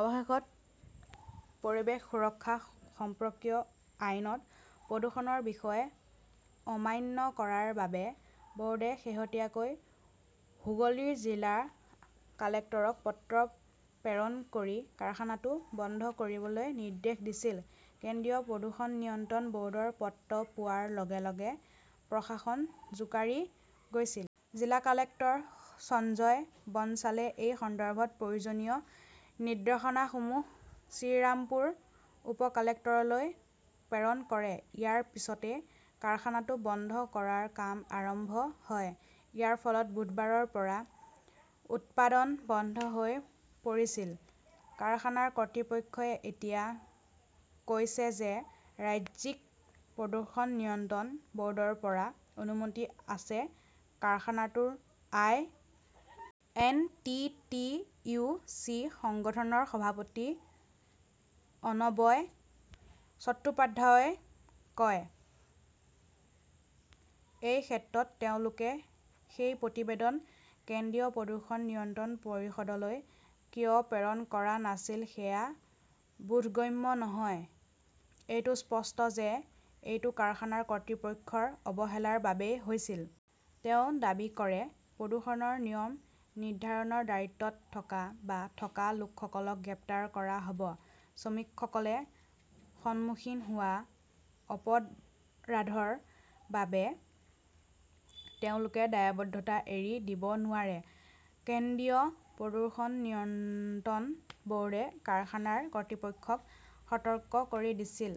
অৱশেষত পৰিৱেশ সুৰক্ষা সম্পৰ্কীয় আইনত প্ৰদূষণৰ নিয়ম অমান্য কৰাৰ বাবে বৰ্ডে শেহতীয়াকৈ হুগলীৰ জিলা কালেক্টৰক পত্ৰ প্ৰেৰণ কৰি কাৰখানাটো বন্ধ কৰিবলৈ নিৰ্দেশ দিছিল। কেন্দ্ৰীয় প্ৰদূষণ নিয়ন্ত্ৰণ বৰ্ডৰ পত্ৰ পোৱাৰ লগে লগে প্ৰশাসন জোকাৰি গৈছিল। জিলা কালেক্টৰ সঞ্জয় বনছালে এই সন্দৰ্ভত প্ৰয়োজনীয় নিৰ্দেশনাসমূহ শ্ৰীৰামপুৰ উপ-কালেক্টৰলৈ প্ৰেৰণ কৰে। ইয়াৰ পিছতে কাৰখানাটো বন্ধ কৰাৰ কাম আৰম্ভ হয়। ইয়াৰ ফলত বুধবাৰৰ পৰা উৎপাদন বন্ধ হৈ পৰিছিল। কাৰখানাৰ কৰ্তৃপক্ষই এতিয়া কৈছে যে ৰাজ্যিক প্ৰদূষণ নিয়ন্ত্ৰণ বৰ্ডৰ পৰা অনুমতি আছে কাৰখানাটোৰ I. N. T. T. U. C. সংগঠনৰ সভাপতি অনবয় চট্টোপাধ্যায়ই কয়। সেই ক্ষেত্ৰত তেওঁলোকে সেই প্ৰতিবেদন কেন্দ্ৰীয় প্ৰদূষণ নিয়ন্ত্ৰণ পৰিষদলৈ কিয় প্ৰেৰণ কৰা নাছিল সেয়া বোধগম্য নহয়। এইটো স্পষ্ট যে এইটো কাৰখানাৰ কৰ্তৃপক্ষৰ অৱহেলাৰ বাবেই হৈছিল। তেওঁ দাবী কৰে, প্ৰদূষণৰ নিয়ম নিৰ্ধাৰণৰ দায়িত্বত থকা বা থকা লোকসকলক গ্ৰেপ্তাৰ কৰা হ'ব। শ্ৰমিকসকলে সন্মুখীন হোৱা অপৰাধৰ বাবে তেওঁলোকে দায়বদ্ধতা এৰি দিব নোৱাৰে। কেন্দ্ৰীয় প্ৰদূষণ নিয়ন্ত্ৰণ বৰ্ডে কাৰখানাৰ কৰ্তৃপক্ষক সতৰ্ক কৰি দিছিল।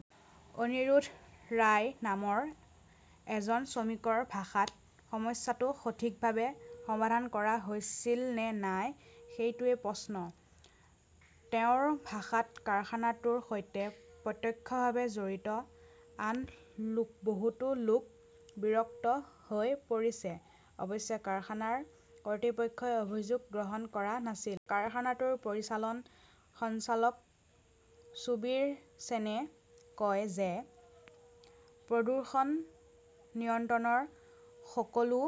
অনিৰোধ ৰায় নামৰ এজন শ্ৰমিকৰ ভাষাত সমস্যাটো সঠিকভাৱে সমাধান কৰা হৈছিল নে নাই সেইটোৱেই প্ৰশ্ন। তেওঁৰ ভাষাত কাৰখানাটোৰ সৈতে প্ৰত্যক্ষভাৱে জড়িত আন বহুতো লোক বিৰক্ত হৈ পৰিছে। অৱশ্যে কাৰখানাৰ কৰ্তৃপক্ষই অভিযোগ গ্ৰহণ কৰা নাছিল। কাৰখানাটোৰ পৰিচালন সঞ্চালক সুবীৰ সেনে কয় যে, প্ৰদূষণ নিয়ন্ত্ৰণৰ সকলো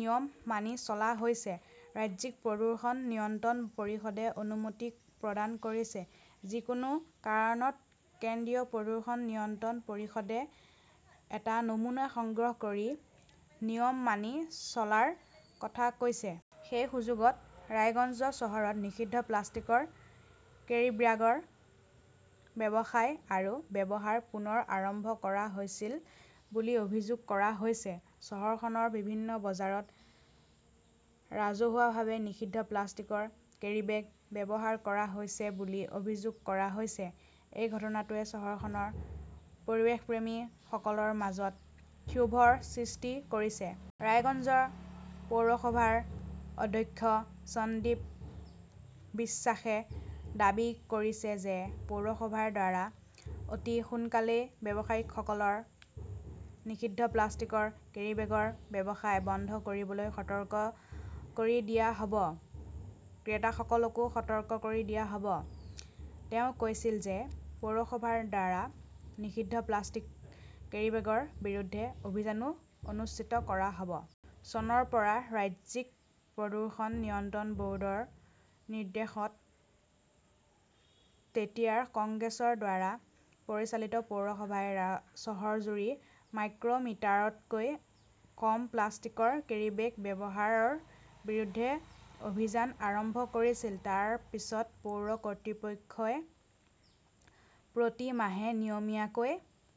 নিয়ম মানি চলা হৈছে। ৰাজ্যিক প্ৰদূষণ নিয়ন্ত্ৰণ পৰিষদে অনুমতি প্ৰদান কৰিছে। যিকোনো কাৰণত কেন্দ্ৰীয় প্ৰদূষণ নিয়ন্ত্ৰণ পৰিষদে এটা নমুনা সংগ্ৰহ কৰি নিয়ম মানি চলাৰ কথা কৈছে। সেই সুযোগত ৰায়গঞ্জ চহৰত নিষিদ্ধ প্লাষ্টিকৰ কেৰিব্যাগৰ ব্যৱসায় আৰু ব্যৱহাৰ পুনৰ আৰম্ভ কৰা হৈছিল বুলি অভিযোগ কৰা হৈছে। চহৰখনৰ বিভিন্ন বজাৰত ৰাজহুৱাভাৱে নিষিদ্ধ প্লাষ্টিকৰ কেৰীবেগ ব্যৱহাৰ কৰা হৈছে বুলি অভিযোগ কৰা হৈছে। এই ঘটনাটোৱে চহৰখনৰ পৰিৱেশপ্ৰেমী সকলৰ মাজত ক্ষোভৰ সৃষ্টি কৰিছে। ৰায়গঞ্জ পৌৰসভাৰ অধ্যক্ষ সন্দীপ বিশ্বাসে দাবী কৰিছে যে পৌৰসভাৰ দ্বাৰা অতি সোনকালেই ব্যৱসায়ীসকলক নিষিদ্ধ প্লাষ্টিকৰ কেৰিবেগৰ ব্যৱসায় বন্ধ কৰিবলৈ সতৰ্ক কৰি দিয়া হ 'ব। ক্ৰেতাসকলকো সতৰ্ক কৰি দিয়া হ'ব। তেওঁ কৈছিল যে পৌৰসভাৰ দ্বাৰা নিষিদ্ধ প্লাষ্টিক কেৰিবেগৰ বিৰুদ্ধে অভিযানও অনুষ্ঠিত কৰা হব । চনৰ পৰা ৰাজ্যিক প্ৰদূষণ নিয়ন্ত্ৰণ বৰ্ডৰ নিৰ্দেশত তেতিয়াৰ কংগ্ৰেছৰ দ্বাৰা পৰিচালিত পৌৰসভাই ৰা চহৰজুৰি মাইক্ৰ' মিটাৰতকৈ কম প্লাষ্টিকৰ কেৰিবেগ ব্যৱহাৰৰ বিৰুদ্ধে অভিযান আৰম্ভ কৰিছিল। তাৰ পিছত পৌৰ কৰ্তৃপক্ষই প্ৰতি মাহে নিয়মীয়াকৈ